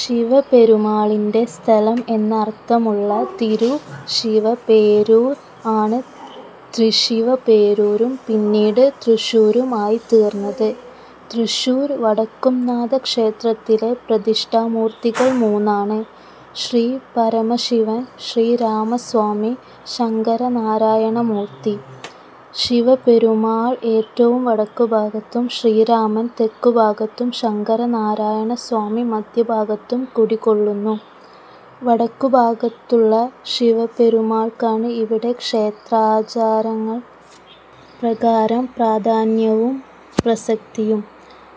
ശിവപെരുമാളിന്റെ സ്ഥലം എന്നർത്ഥമുള്ള തിരു-ശിവ-പേരൂർ ആണ് തൃശ്ശിവപേരൂരും പിന്നീട് തൃശ്ശൂരും ആയിതീർന്നത്. തൃശ്ശൂർ വടക്കുംനാഥക്ഷേത്രത്തിലെ പ്രതിഷ്ഠാമൂർത്തികൾ മൂന്നാണ്; ശ്രീപരമശിവൻ, ശ്രീരാമസ്വാമി ശങ്കരനാരായണമൂർത്തി. ശിവപെരുമാൾ ഏറ്റവും വടക്കുഭാഗത്തും ശ്രീരാമൻ തെക്കുഭാഗത്തും ശങ്കരനാരായണസ്വാമി മദ്ധ്യഭാഗത്തും കുടികൊള്ളുന്നു. വടക്കുഭാഗത്തുള്ള ശിവപ്പെരുമാൾക്കാണ് ഇവിടെ ക്ഷേത്രാചാരപ്രകാരം പ്രാധാന്യവും, പ്രശസ്തിയും.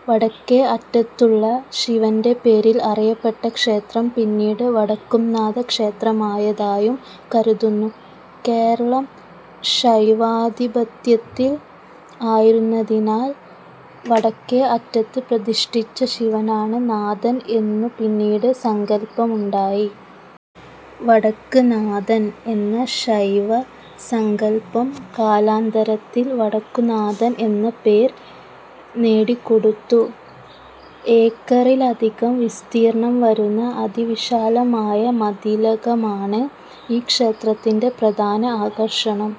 വടക്കേ അറ്റത്തുള്ള ശിവന്റെ പേരിൽ അറിയപ്പെട്ട ക്ഷേത്രം പിന്നീട് വടക്കുംനാഥക്ഷേത്രമായതായും കരുതുന്നു കേരളം ശൈവാധിപത്യത്തിൽ ആയിരുന്നതിനാൽ വടക്കെ അറ്റത്ത് പ്രതിഷ്ഠിച്ച ശിവനാണ് നാഥൻ എന്നു പിന്നീട് സങ്കല്പമുണ്ടായി. "വടക്ക് നാഥൻ" എന്ന ശൈവ സങ്കല്പം കാലാന്തരത്തിൽ വടക്കുന്നാഥൻ എന്ന പേർ നേടിക്കൊടുത്തു.. ഏക്കറിലധികം വിസ്തീർണ്ണം വരുന്ന അതിവിശാലമായ മതിലകമാണ് ഈ ക്ഷേത്രത്തിന്റെ പ്രധാന ആകർഷണം.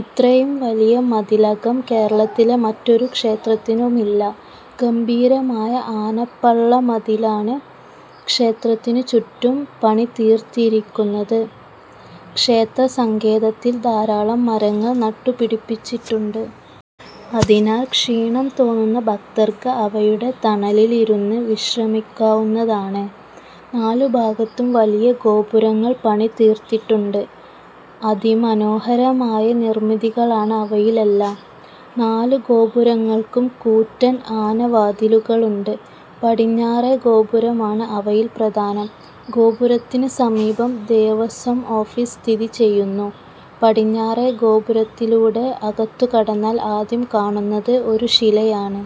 ഇത്രയും വലിയ മതിലകം കേരളത്തിലെ മറ്റൊരു ക്ഷേത്രത്തിനുമില്ല. ഗംഭീരമായ ആനപ്പള്ളമതിലാണ് ക്ഷേത്രത്തിനുചുറ്റും പണിതീർത്തിരിയ്ക്കുന്നത്. ക്ഷേത്രസങ്കേതത്തിൽ ധാരാളം മരങ്ങൾ നട്ടുപിടിപ്പിച്ചിട്ടുണ്ട്. അതിനാൽ ക്ഷീണം തോന്നുന്ന ഭക്തർക്ക് അവയുടെ തണലിലിരുന്ന് വിശ്രമിയ്ക്കാവുന്നതാണ്. നാലുഭാഗത്തും വലിയ ഗോപുരങ്ങൾ പണിതീർത്തിട്ടുണ്ട്. അതിമനോഹരമായ നിർമ്മിതികളാണ് അവയിലെല്ലാം. നാലുഗോപുരങ്ങൾക്കും കൂറ്റൻ ആനവാതിലുകളുണ്ട്. പടിഞ്ഞാറേ ഗോപുരമാണ് അവയിൽ പ്രധാനം. ഗോപുരത്തിന് സമീപം ദേവസ്വം ഓഫീസ് സ്ഥിതിചെയ്യുന്നു. പടിഞ്ഞാറേ ഗോപുരത്തിലൂടെ അകത്തുകടന്നാൽ ആദ്യം കാണുന്നത് ഒരു ശിലയാണ്.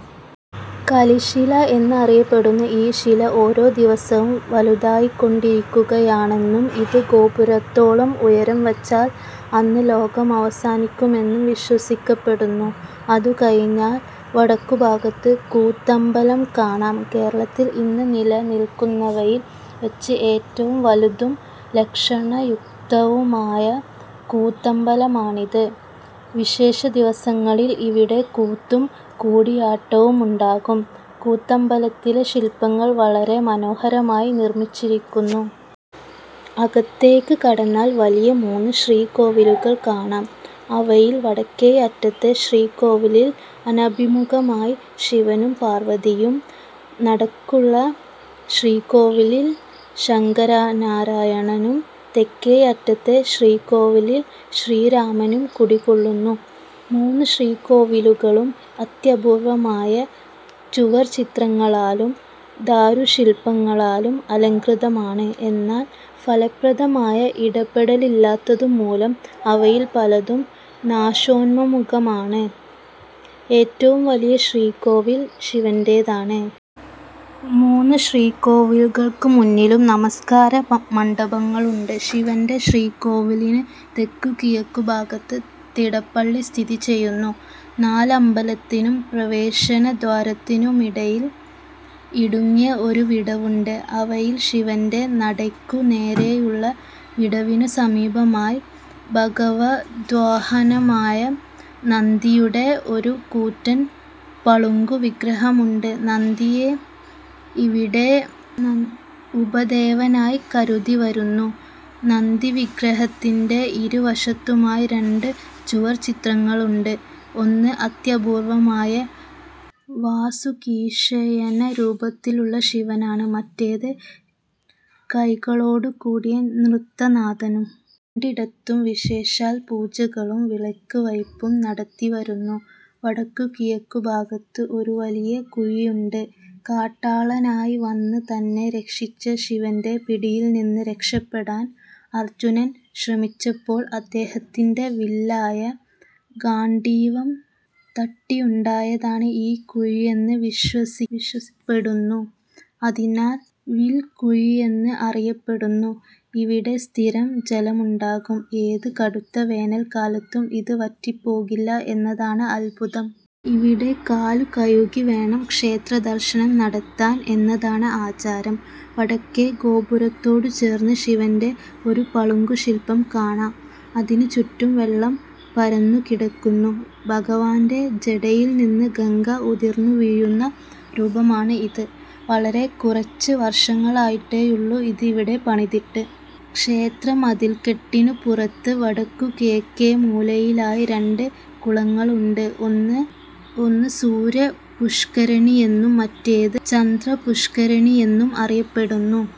കലിശില എന്നറിയപ്പെടുന്ന ഈ ശില ഓരോ ദിവസവും വലുതായിക്കൊണ്ടിരിയ്ക്കുകയാണെന്നും ഇത് ഗോപുരത്തോളം ഉയരം വച്ചാൽ അന്ന് ലോകം അവസാനിയ്ക്കുമെന്നും വിശ്വസിയ്ക്കപ്പെടുന്നു. അതുകഴിഞ്ഞാൽ വടക്കുഭാഗത്ത് കൂത്തമ്പലം കാണാം. കേരളത്തിൽ ഇന്ന് നിലനിൽക്കുന്നവയിൽ വച്ച് ഏറ്റവും വലുതും ലക്ഷണയുക്തവുമായ കൂത്തമ്പലമാണിത്. വിശേഷദിവസങ്ങളിൽ ഇവിടെ കൂത്തും കൂടിയാട്ടവുമുണ്ടാകും. കൂത്തമ്പലത്തിലെ ശില്പങ്ങൾ വളരെ മനോഹരമായി നിർമ്മിച്ചിരിയ്ക്കുന്നു. അകത്തേയ്ക്ക് കടന്നാൽ വലിയ മൂന്ന് ശ്രീകോവിലുകൾ കാണാം. അവയിൽ വടക്കേയറ്റത്തെ ശ്രീകോവിലിൽ അനഭിമുഖമായി ശിവനും പാർവ്വതിയും, നടക്കുള്ള ശ്രീകോവിലിൽ ശങ്കരനാരായണനും, തെക്കേയറ്റത്തെ ശ്രീകോവിലിൽ ശ്രീരാമനും കുടികൊള്ളുന്നു. മൂന്ന് ശ്രീകോവിലുകളും അത്യപൂർവ്വമായ ചുവർച്ചിത്രങ്ങളാലും ദാരുശില്പങ്ങളാലും അലംകൃതമാണ്. എന്നാൽ ഫലപ്രദമായ ഇടപെടലില്ലാത്തതുമൂലം അവയിൽ പലതും നാശോന്മുഖമാണ്. ഏറ്റവും വലിയ ശ്രീകോവിൽ ശിവന്റേതാണ്. മൂന്ന് ശ്രീകോവിലുകൾക്കുമുന്നിലും നമസ്കാരമണ്ഡപങ്ങളുണ്ട്. ശിവന്റെ ശ്രീകോവിലിന് തെക്കുകിഴക്കുഭാഗത്ത് തിടപ്പള്ളി സ്ഥിതി ചെയ്യുന്നു. നാലമ്പലത്തിനും പ്രവേശനദ്വാരത്തിനുമിടയിൽ ഇടുങ്ങിയ ഒരു വിടവുണ്ട്. അവയിൽ ശിവന്റെ നടയ്ക്കുനേരെയുള്ള വിടവിനുസമീപമായി ഭഗവദ്വാഹനമായ നന്തിയുടെ ഒരു കൂറ്റൻ പളുങ്കുവിഗ്രഹമുണ്ട്. നന്തിയെ ഇവിടെ ഉപദേവനായി കരുതിവരുന്നു. നന്തിവിഗ്രഹത്തിന്റെ ഇരുവശത്തുമായി രണ്ട് ചുവർച്ചിത്രങ്ങളുണ്ട്. ഒന്ന്, അത്യപൂർവ്വമായ വാസുകീശയനരൂപത്തിലുള്ള ശിവനാണ്; മറ്റേത്, കൈകളോടുകൂടിയ നൃത്തനാഥനും. രണ്ടിടത്തും വിശേഷാൽ പൂജകളും വിളക്കുവയ്പും നടത്തിവരുന്നു. വടക്കുകിഴക്കുഭാഗത്ത് ഒരു വലിയ കുഴിയുണ്ട്. കാട്ടാളനായി വന്ന് തന്നെ രക്ഷിച്ച ശിവന്റെ പിടിയിൽ നിന്ന് രക്ഷപ്പെടാൻ അർജുനൻ ശ്രമിച്ചപ്പോൾ അദ്ദേഹത്തിന്റെ വില്ലായ ഗാണ്ഡീവം തട്ടിയുണ്ടായതാണ് ഈ കുഴിയെന്ന് വിശ്വസിയ്ക്കപ്പെടുന്നു. അതിനാൽ വിൽക്കുഴിയെന്ന് അറിയപ്പെട്ടുന്നു. ഇവിടെ സ്ഥിരം ജലമുണ്ടാകും. ഏത് കടുത്ത വേനൽക്കാലത്തും ഇത് വറ്റിപ്പോകില്ല എന്നതാണ് അത്ഭുതം. ഇവിടെ കാലുകഴുകിവേണം ക്ഷേത്രദർശനം നടത്താൻ എന്നതാണ് ആചാരം. വടക്കേ ഗോപുരത്തോടുചേർന്ന് ശിവന്റെ ഒരു പളുങ്കുശില്പം കാണാം. അതിനുചുറ്റും വെള്ളം പരന്നുകിടക്കുന്നു. ഭഗവാന്റെ ജടയിൽ നിന്ന് ഗംഗ ഉതിർന്നുവീഴുന്ന രൂപമാണ് ഇത്. വളരെ കുറച്ച് വർഷങ്ങളായിട്ടേയുള്ളൂ ഇത് ഇവിടെ പണിതിട്ട്. ക്ഷേത്രമതിൽക്കെട്ടിനുപുറത്ത് വടക്കുകിഴക്കേമൂലയിലായി രണ്ട് കുളങ്ങളുണ്ട്. ഒന്ന് സൂര്യപുഷ്കരിണിയെന്നും മറ്റേത് ചന്ദ്രപുഷ്കരിണിയെന്നും അറിയപ്പെടുന്നു.